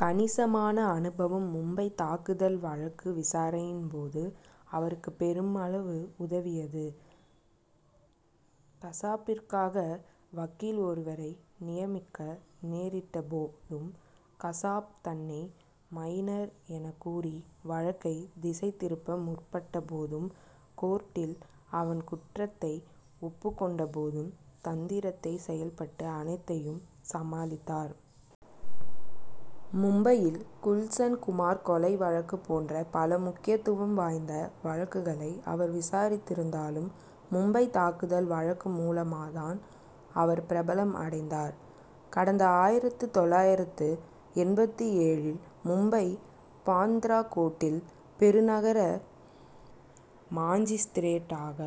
கணிசமான அனுபவம் மும்பைத் தாக்குதல் வழக்கு விசாரணையின் போது அவருக்கு பெருமளவு உதவியது. கசாப்பிற்காக வக்கீல் ஒருவரை நியமிக்க நேரிட்ட போதும் கசாப் தன்னை மைனர் எனக்கூறி வழக்கை திசை திருப்ப முற்பட்ட போதும் கோர்ட்டில் அவன் குற்றத்தை ஒப்புக் கொண்ட போதும் தந்திரமாக செயல்பட்டு அனைத்தையும் சமாளித்தார். மும்பையில் குல்சன் குமார் கொலை வழக்கு போன்ற பல முக்கியத்துவம் வாய்ந்த வழக்குகளை அவர் விசாரித்திருந்தாலும் மும்பைத் தாக்குதல் வழக்கு மூலமாகதான் அவர் பிரபலம் அடைந்தார். கடந்த ஆயிரத்து தொள்ளாயிரத்து எண்பத்து ஏழில் மும்பை பாந்த்ரா கோர்ட்டில் பெருநகர மாஜிஸ்திரேட்டாக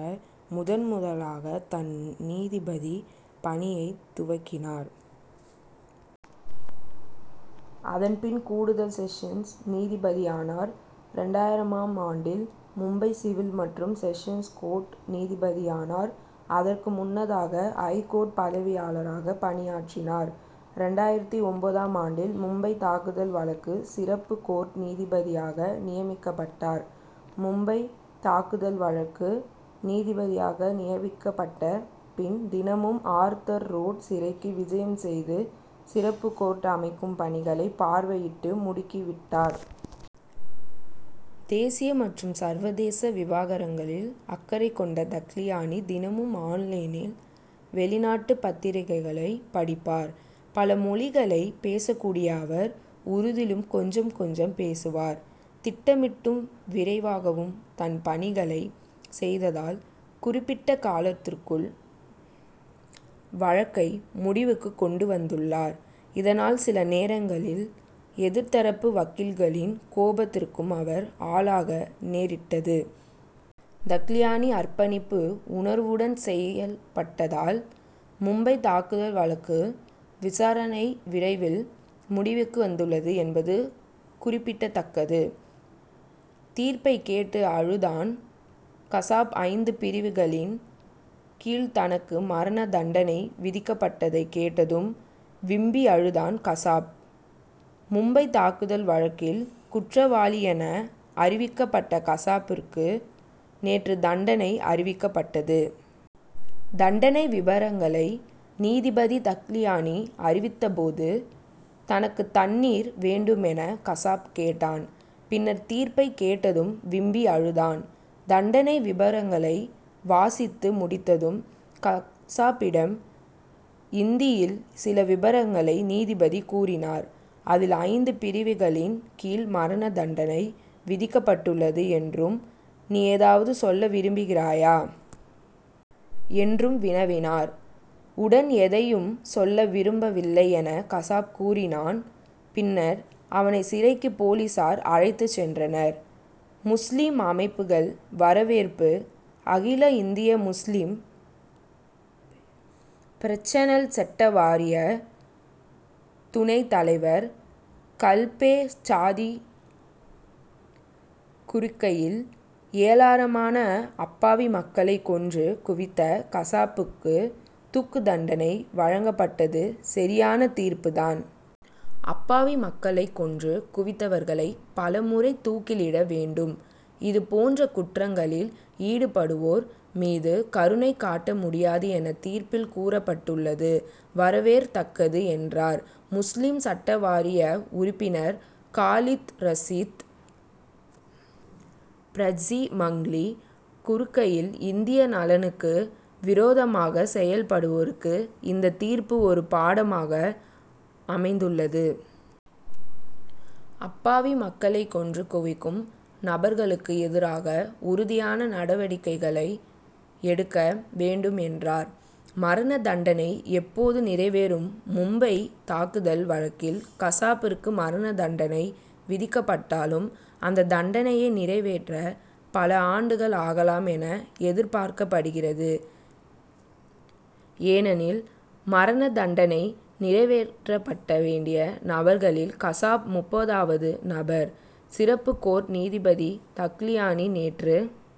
முதன் முதலாக தன் நீதிபதி பணியைத் துவக்கினார். அதன்பின் கூடுதல் செஷன்ஸ் நீதிபதியானார். இரண்டாயிரமாம் ஆண்டில் மும்பை சிவில் மற்றும் செஷன்ஸ் கோர்ட் நீதிபதியானார். அதற்கு முன்னதாக ஐகோர்ட் பதிவாளராக பணியாற்றினார். இரண்டாயிரத்து ஒன்பதாம் ஆண்டில் மும்பைத் தாக்குதல் வழக்கு சிறப்பு கோர்ட் நீதிபதியாக நியமிக்கப்பட்டார். மும்பைத் தாக்குதல் வழக்கு நீதிபதியாக நியமிக்கப்பட்ட பின் தினமும் ஆர்தர் ரோடு சிறைக்கு விஜயம் செய்து சிறப்பு கோர்ட் அமைக்கும் பணிகளை பார்வையிட்டு முடுக்கி விட்டார். தேசிய மற்றும் சர்வதேச விவகாரங்களில் அக்கறை கொண்ட தகிலியானி தினமும் ஆன் லைனில் வெளிநாட்டு பத்திரிகைகளைப் படிப்பார். பல மொழிகளைப் பேசக்கூடிய அவர் உருதிலும் கொஞ்சம் கொஞ்சம் பேசுவார். திட்டமிட்டும் விரைவாகவும் தன் பணிகளைச் செய்ததால் குறிப்பிட்ட காலத்திற்குள் வழக்கை முடிவுக்கு கொண்டு வந்துள்ளார். இதனால் சில நேரங்களில் எதிர்தரப்பு வக்கீல்களின் கோபத்திற்கும் அவர் ஆளாக நேரிட்டது. தகிலியானி அர்ப்பணிப்பு உணர்வுடன் செயல்பட்டதால் மும்பைத் தாக்குதல் வழக்கு விசாரணை விரைவில் முடிவுக்கு வந்துள்ளது என்பது குறிப்பிடத்தக்கது. தீர்ப்பை கேட்டு அழுதான் கசாப் ஐந்து பிரிவுகளின் கீழ் தனக்கு மரண தண்டனை விதிக்கப்பட்டதை கேட்டதும் விம்மி அழுதான் கசாப். மும்பை தாக்குதல் வழக்கில் குற்றவாளியென அறிவிக்கப்பட்ட கசாப்பிற்கு நேற்று தண்டனை அறிவிக்கப்பட்டது. தண்டனை விபரங்களை நீதிபதி தகிலியானி அறிவித்த போது தனக்கு தண்ணீர் வேண்டும் என கசாப் கேட்டான். பின்னர் தீர்ப்பை கேட்டதும் விம்மி அழுதான். தண்டனை விபரங்களை வாசித்து முடித்ததும் கசாப்பிடம் இந்தியில் சில விபரங்களை நீதிபதி கூறினார். அதில் ஐந்து பிரிவுகளின் கீழ் மரண தண்டனை விதிக்கப்பட்டுள்ளது என்றும் நீ ஏதாவது சொல்ல விரும்புகிறாயா? என்றும் வினவினார். உடன் எதையும் சொல்ல விரும்பவில்லை என கசாப் கூறினான். பின்னர் அவனை சிறைக்கு போலீசார் அழைத்து சென்றனர். முஸ்லிம் அமைப்புகள் வரவேற்பு அகில இந்திய முஸ்லிம் பெர்சனல் சட்ட வாரிய துணை தலைவர் கல்பே சாதிக் கூறுகையில் ஏராளமான அப்பாவி மக்களை கொன்று குவித்த கசாபுக்கு தூக்கு தண்டனை வழங்கப்பட்டது சரியான தீர்ப்பு தான். அப்பாவி மக்களை கொன்று குவித்தவர்களை பல முறை தூக்கிலிட வேண்டும். இதுபோன்ற குற்றங்களில் ஈடுபடுவோர் மீது கருணை காட்ட முடியாது என தீர்ப்பில் கூறப்பட்டுள்ளது வரவேற்கத்தக்கது என்றார். முஸ்லிம் சட்ட வாரிய உறுப்பினர் காலித் ரசீத் பிராஞ்சிமகிலி கூறுகையில் இந்திய நலனுக்கு விரோதமாக செயல்படுவோருக்கு இந்த தீர்ப்பு ஒரு பாடமாக அமைந்துள்ளது. அப்பாவி மக்களை கொன்று குவிக்கும் நபர்களுக்கு எதிராக உறுதியான நடவடிக்கைகள் எடுக்க வேண்டும் என்றார். மரண தண்டனை எப்போது நிறைவேறும் மும்பைத் தாக்குதல் வழக்கில் கசாப்பிற்கு மரண தண்டனை விதிக்கப்பட்டாலும் அந்த தண்டனையை நிறைவேற்ற பல ஆண்டுகள் ஆகலாம் என எதிர்பார்க்கப்படுகிறது. ஏனெனில் மரண தண்டனை நிறைவேற்றப்பட வேண்டிய நபர்களில் கசாப் முப்பதாவது நபர். சிறப்பு கோர்ட் நீதிபதி தகிலியானி நேற்று